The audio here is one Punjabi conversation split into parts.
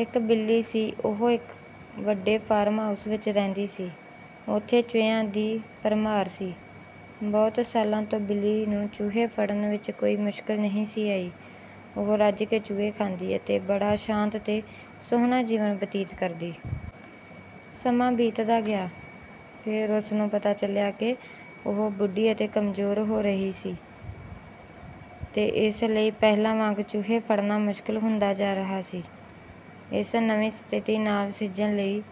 ਇੱਕ ਬਿੱਲੀ ਸੀ। ਉਹ ਇੱਕ ਵੱਡੇ ਫਾਰਮ ਹਾਊਸ ਵਿੱਚ ਰਹਿੰਦੀ ਸੀ। ਉੱਥੇ ਚੂਹਿਆਂ ਦੀ ਭਰਮਾਰ ਸੀ। ਬਹੁਤ ਸਾਲਾਂ ਤੋਂ ਬਿੱਲੀ ਨੂੰ ਚੂਹੇ ਫੜਨ ਵਿੱਚ ਕੋਈ ਮੁਸ਼ਕਲ ਨਹੀਂ ਸੀ ਆਈ। ਉਹ ਰੱਜ ਕੇ ਚੂਹੇ ਖਾਂਦੀ ਅਤੇ ਬੜਾ ਸ਼ਾਂਤ ਤੇ ਸੁਹਣਾ ਜੀਵਨ ਬਤੀਤ ਕਰਦੀ। ਸਮਾਂ ਬੀਤਦਾ ਗਿਆ। ਫਿਰ ਉਸਨੂੰ ਪਤਾ ਚੱਲਿਆ ਕਿ ਉਹ ਬੁੱਢੀ ਅਤੇ ਕਮਜ਼ੋਰ ਹੋ ਰਹੀ ਸੀ, ਤੇ ਇਸ ਲਈ ਪਹਿਲਾਂ ਵਾਂਗ ਚੂਹੇ ਫੜਨਾ ਮੁਸ਼ਕਲ ਹੁੰਦਾ ਜਾ ਰਿਹਾ ਸੀ। ਇਸ ਨਵੀਂ ਸਥਿਤੀ ਨਾਲ ਸਿੱਝਣ ਲਈ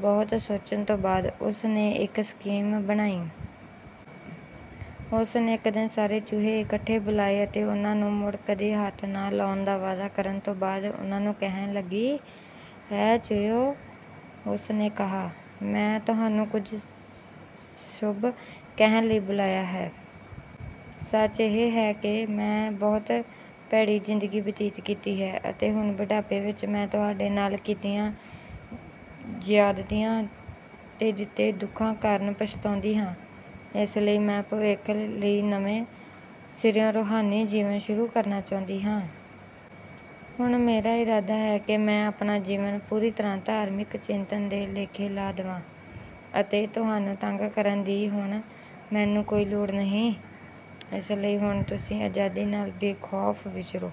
ਬਹੁਤ ਸੋਚਣ ਤੋਂ ਬਾਅਦ ਉਸ ਨੇ ਇੱਕ ਸਕੀਮ ਬਣਾਈ। ਉਸ ਨੇ ਇੱਕ ਦਿਨ ਸਾਰੇ ਚੂਹੇ ਇਕੱਠੇ ਬੁਲਾਏ ਅਤੇ ਉਨ੍ਹਾਂ ਨੂੰ ਮੁੜ ਕਦੇ ਹੱਥ ਨਾ ਲਾਉਣ ਦਾ ਵਾਅਦਾ ਕਰਨ ਤੋਂ ਬਾਅਦ ਉਨ੍ਹਾਂ ਨੂੰ ਕਹਿਣ ਲੱਗੀ,“ਐ ਚੂਹਿਓ,” ਉਸ ਨੇ ਕਿਹਾ, “ਮੈਂ ਤੁਹਾਨੂੰ ਕੁਝ ਸ਼ੁਭ ਕਹਿਣ ਲਈ ਬੁਲਾਇਆ ਹੈ। ਸੱਚ ਇਹ ਹੈ ਕਿ ਮੈਂ ਬਹੁਤ ਭੈੜੀ ਜ਼ਿੰਦਗੀ ਬਤੀਤ ਕੀਤੀ ਹੈ, ਅਤੇ ਹੁਣ ਬੁਢਾਪੇ ਵਿੱਚ ਮੈਂ ਤੁਹਾਡੇ ਨਾਲ ਕੀਤੀਆਂ ਜ਼ਿਆਦਤੀਆਂ ਤੇ ਦਿੱਤੇ ਦੁੱਖਾਂ ਕਾਰਨ ਪਛਤਾਉਂਦੀ ਹਾਂ। ਇਸ ਲਈ ਮੈਂ ਭਵਿੱਖ ਲਈ ਨਵੇਂ ਸਿਰਿਓਂ ਰੂਹਾਨੀ ਜੀਵਨ ਸ਼ੁਰੂ ਕਰਨਾ ਚਾਹੁੰਦੀ ਹਾਂ। ਹੁਣ ਮੇਰਾ ਇਰਾਦਾ ਹੈ ਕਿ ਮੈਂ ਆਪਣਾ ਜੀਵਨ ਪੂਰੀ ਤਰ੍ਹਾਂ ਧਾਰਮਿਕ ਚਿੰਤਨ ਦੇ ਲੇਖੇ ਲਾ ਦਵਾਂ ਅਤੇ ਤੁਹਾਨੂੰ ਤੰਗ ਕਰਨ ਦੀ ਹੁਣ ਮੈਨੂੰ ਕੋਈ ਲੋੜ ਨਹੀਂ। ਇਸ ਲਈ ਹੁਣ ਤੁਸੀਂ ਆਜ਼ਾਦੀ ਨਾਲ ਬੇਖ਼ੌਫ਼ ਵਿਚਰੋ।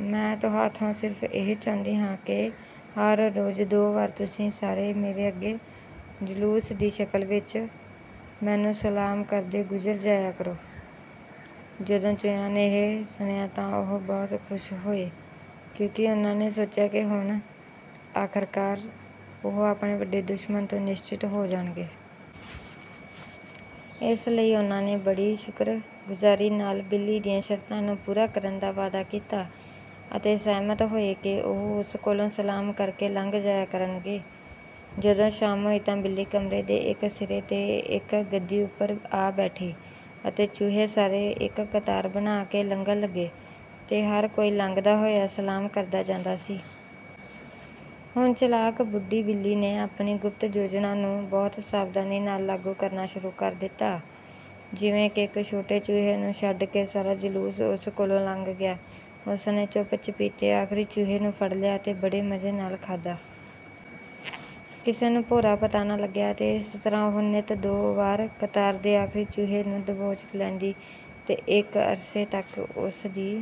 ਮੈਂ ਤੁਹਾਥੋਂ ਸਿਰਫ਼ ਇਹ ਚਾਹੁੰਦੀ ਹਾਂ ਕਿ ਹਰ ਰੋਜ਼ ਦੋ ਵਾਰ ਤੁਸੀਂ ਸਾਰੇ ਮੇਰੇ ਅੱਗੋਂ ਜਲੂਸ ਦੀ ਸ਼ਕਲ ਵਿੱਚ, ਮੈਨੂੰ ਸਲਾਮ ਕਰਦੇ ਗੁਜ਼ਰ ਜਾਇਆ ਕਰੋ।” ਜਦੋਂ ਚੂਹਿਆਂ ਨੇ ਇਹ ਸੁਣਿਆ ਤਾਂ ਬਹੁਤ ਖੁਸ਼ ਹੋਏ, ਕਿਉਂਕਿ ਉਨ੍ਹਾਂ ਨੇ ਸੋਚਿਆ ਕਿ ਹੁਣ, ਆਖ਼ਰਕਾਰ, ਉਹ ਆਪਣੇ ਵੱਡੇ ਦੁਸ਼ਮਣ ਤੋਂ ਨਿਸਚਿੰਤ ਹੋ ਜਾਣਗੇ। ਇਸ ਲਈ ਉਨ੍ਹਾਂ ਨੇ ਬੜੀ ਸ਼ੁਕਰਗੁਜ਼ਾਰੀ ਨਾਲ ਬਿੱਲੀ ਦੀਆਂ ਸ਼ਰਤਾਂ ਨੂੰ ਪੂਰਾ ਕਰਨ ਦਾ ਵਾਅਦਾ ਕੀਤਾ, ਅਤੇ ਸਹਿਮਤ ਹੋਏ ਕਿ ਉਹ ਉਸ ਕੋਲੋਂ ਸਲਾਮ ਕਰ ਕੇ ਲੰਘ ਜਾਇਆ ਕਰਨਗੇ। ਜਦੋਂ ਸ਼ਾਮ ਹੋਈ ਤਾਂ ਬਿੱਲੀ ਕਮਰੇ ਦੇ ਇੱਕ ਸਿਰੇ ’ਤੇ ਇੱਕ ਗੱਦੀ ਉੱਪਰ ਆ ਬੈਠੀ ਅਤੇ ਚੂਹੇ ਸਾਰੇ ਇੱਕ ਕਤਾਰ ਬਣਾ ਕੇ ਲੰਘਣ ਲੱਗੇ, ਤੇ ਹਰ ਕੋਈ ਲੰਘਦਾ ਹੋਇਆ ਸਲਾਮ ਕਰਦਾ ਜਾਂਦਾ ਸੀ। ਹੁਣ ਚਲਾਕ ਬੁੱਢੀ ਬਿੱਲੀ ਨੇ ਆਪਣੀ ਗੁਪਤ ਯੋਜਨਾ ਨੂੰ ਬਹੁਤ ਸਾਵਧਾਨੀ ਨਾਲ ਲਾਗੂ ਕਰਨਾ ਸ਼ੁਰੂ ਕਰ ਦਿੱਤਾ। ਜਿਵੇਂ ਹੀ ਇੱਕ ਛੋਟੇ ਚੂਹੇ ਨੂੰ ਛੱਡ ਕੇ ਸਾਰਾ ਜਲੂਸ ਉਸ ਕੋਲੋਂ ਲੰਘ ਗਿਆ, ਉਸ ਨੇ ਚੁੱਪ-ਚੁਪੀਤੇ ਆਖ਼ਰੀ ਚੂਹੇ ਨੂੰ ਫੜ ਲਿਆ ਅਤੇ ਬੜੇ ਮਜ਼ੇ ਨਾਲ ਖਾਧਾ। ਕਿਸੇ ਨੂੰ ਭੋਰਾ ਪਤਾ ਨਾ ਲੱਗਿਆ। ਅਤੇ ਇਸ ਤਰ੍ਹਾਂ ਉਹ ਨਿੱਤ ਦੋ ਵਾਰ ਕਤਾਰ ਦੇ ਆਖ਼ਰੀ ਚੂਹੇ ਨੂੰ ਦਬੋਚ ਲੈਂਦੀ, ਤੇ ਇੱਕ ਅਰਸੇ ਤੱਕ ਉਸ ਦੀ